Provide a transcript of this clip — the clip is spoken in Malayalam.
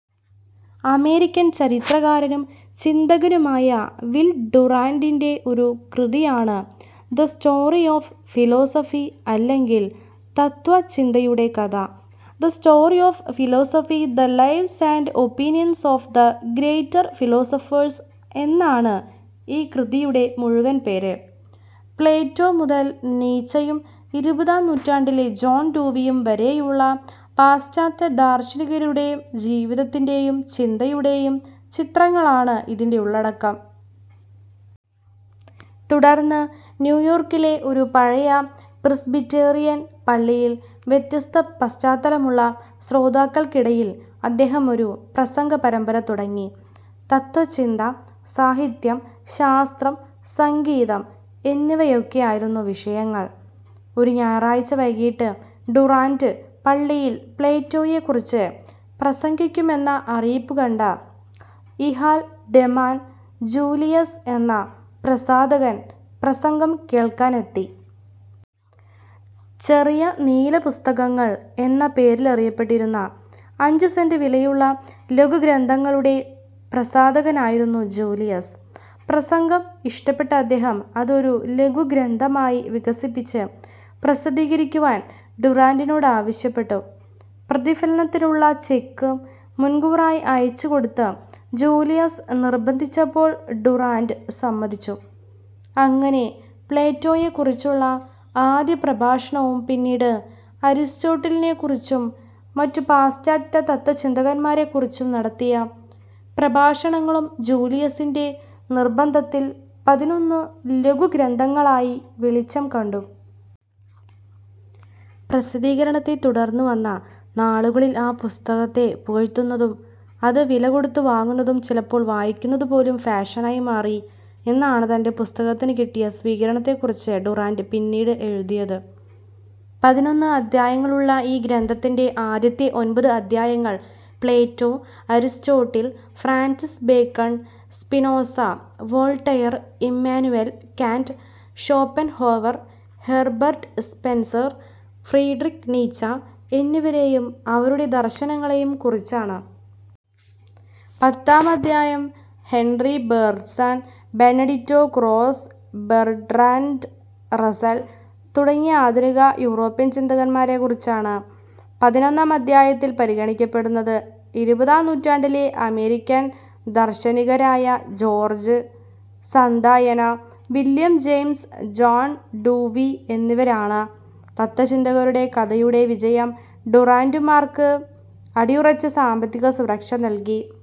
അമേരിക്കൻ ചരിത്രകാരനും ചിന്തകനുമായ വിൽ ഡുറാന്റിന്റെ ഒരു കൃതിയാണ് ദ സ്റ്റോറി ഓഫ് ഫിലോസഫി അല്ലെങ്കിൽ തത്ത്വചിന്തയുടെ കഥ. "The story of philosophy, the lives and opinions of the greater philosophers" എന്നാണ് ഈ കൃതിയുടെ മുഴുവൻ പേര്. പ്ലേറ്റോ മുതൽ നീച്ചയും ഇരുപതാം നൂറ്റാണ്ടിലെ ജോൺ ഡൂവിയും വരേയുള്ള പാശ്ചാത്യ ദാർശനികരുടെ ജീവിതത്തിന്റേയും ചിന്തയുടേയും ചിത്രങ്ങളാണ് ഇതിന്റെ ഉള്ളടക്കം. തുടർന്ന്, ന്യൂയോർക്കിലെ ഒരു പഴയ പ്രിസ്ബിറ്റേറിയൻ പള്ളിയിൽ വ്യത്യസ്തപശ്ചാത്തലമുള്ള ശ്രോതക്കൾക്കിടയിൽ അദ്ദേഹം ഒരു പ്രസംഗപരമ്പര തുടങ്ങി. തത്ത്വചിന്ത, സാഹിത്യം, ശാസ്ത്രം, സംഗീതം എന്നിവയൊക്കെയായിരുന്നു വിഷയങ്ങൾ. ഒരു ഞായറാഴ്ച വൈകിട്ട് ഡുറാന്റ് പള്ളിയിൽ പ്ലേറ്റോയേക്കുറിച്ച് പ്രസംഗിക്കുമെന്ന അറിയിപ്പുകണ്ട ഇ ഹാൽഡെമാൻ ജൂലിയസ് എന്ന പ്രസാധകൻ പ്രസംഗം കേൾക്കാനെത്തി. ചെറിയ നീലപ്പുസ്തകങ്ങൾ എന്ന പേരിലറിയപ്പെട്ടിരുന്ന അഞ്ചു സെന്റ് വിലയുള്ള ലഘുഗ്രന്ഥങ്ങളുടെ പ്രസാധകനായിരുന്നു ജൂലിയസ്. പ്രസംഗം ഇഷ്ടപ്പെട്ട അദ്ദേഹം അത് ഒരു ലഘുഗ്രന്ഥമായി വികസിപ്പിച്ച് പ്രസിദ്ധീകരിക്കുവാൻ ഡുറാന്റിനോടാവശ്യപ്പെട്ടു. പ്രതിഫലത്തിനുള്ള ചെക്ക് മുൻകൂറായി അയച്ചുകൊടുത്ത് ജൂലിയസ് നിർബ്ബന്ധിച്ചപ്പോൾ ഡുറാന്റ് സമ്മതിച്ചു. അങ്ങനെ പ്ലേറ്റോയേക്കുറിച്ചുള്ള ആദ്യപ്രഭാഷണവും പിന്നീട് അരിസ്റ്റോട്ടിലിനെക്കുറിച്ചും മറ്റു പാശ്ചാത്യതത്ത്വചിന്തകന്മാരെക്കുറിച്ചും നടത്തിയ പ്രഭാഷണങ്ങളും ജൂലിയസിന്റെ നിർബ്ബന്ധത്തിൽ പതിനൊന്നു ലഘുഗ്രന്ഥങ്ങളായി വെളിച്ചം കണ്ടു. പ്രസിദ്ധീകരണത്തെ തുടർന്നു വന്ന നാളുകളിൽ ആ പുസ്തകത്തെ പുകഴ്ത്തുന്നതും, അത് വിലകൊടുത്തു വാങ്ങുന്നതും, ചിലപ്പോൾ വായിക്കുന്നതുപോലും ഫാഷനായി മാറി എന്നാണ് തന്റെ പുസ്തകത്തിനുകിട്ടിയ സ്വീകരണത്തെക്കുറിച്ച് ഡുറാന്റ് പിന്നീട് എഴുതിയത്. പതിനൊന്ന് അദ്ധ്യായങ്ങളുള്ള ഈ ഗ്രന്ഥത്തിന്റെ ആദ്യത്തെ ഒൻപത് അദ്ധ്യായങ്ങൾ Plato, Aristotle, Francis Bacon, Spinoza, Voltaire, Immanuel Kant, Schopenhauer, Herbert Spencer, Friedrich Nietzsche എന്നിവരേയും അവരുടെ ദർശനങ്ങളേയും കുറിച്ചാണ്. പത്താം അദ്ധ്യായം Henri Bergson, Benedetto Croce Bertrand Russell തുടങ്ങിയ ആധുനിക യൂറോപ്യൻ ചിന്തകന്മാരെക്കുറിച്ചാണ്. പതിനൊന്നാം അദ്ധ്യായത്തിൽ പരിഗണിക്കപ്പെടുന്നത് ഇരുപതാം നൂറ്റാണ്ടിലെ അമേരിക്കൻ ദർശനികരായ George Santayana, William James, John Dewey എന്നിവരാണ്. തത്ത്വചിന്തകരുടെ കഥയുടെ വിജയം ഡുറാന്റുമാർക്ക് അടിയുറച്ച സാമ്പത്തിക സുരക്ഷ നൽകി.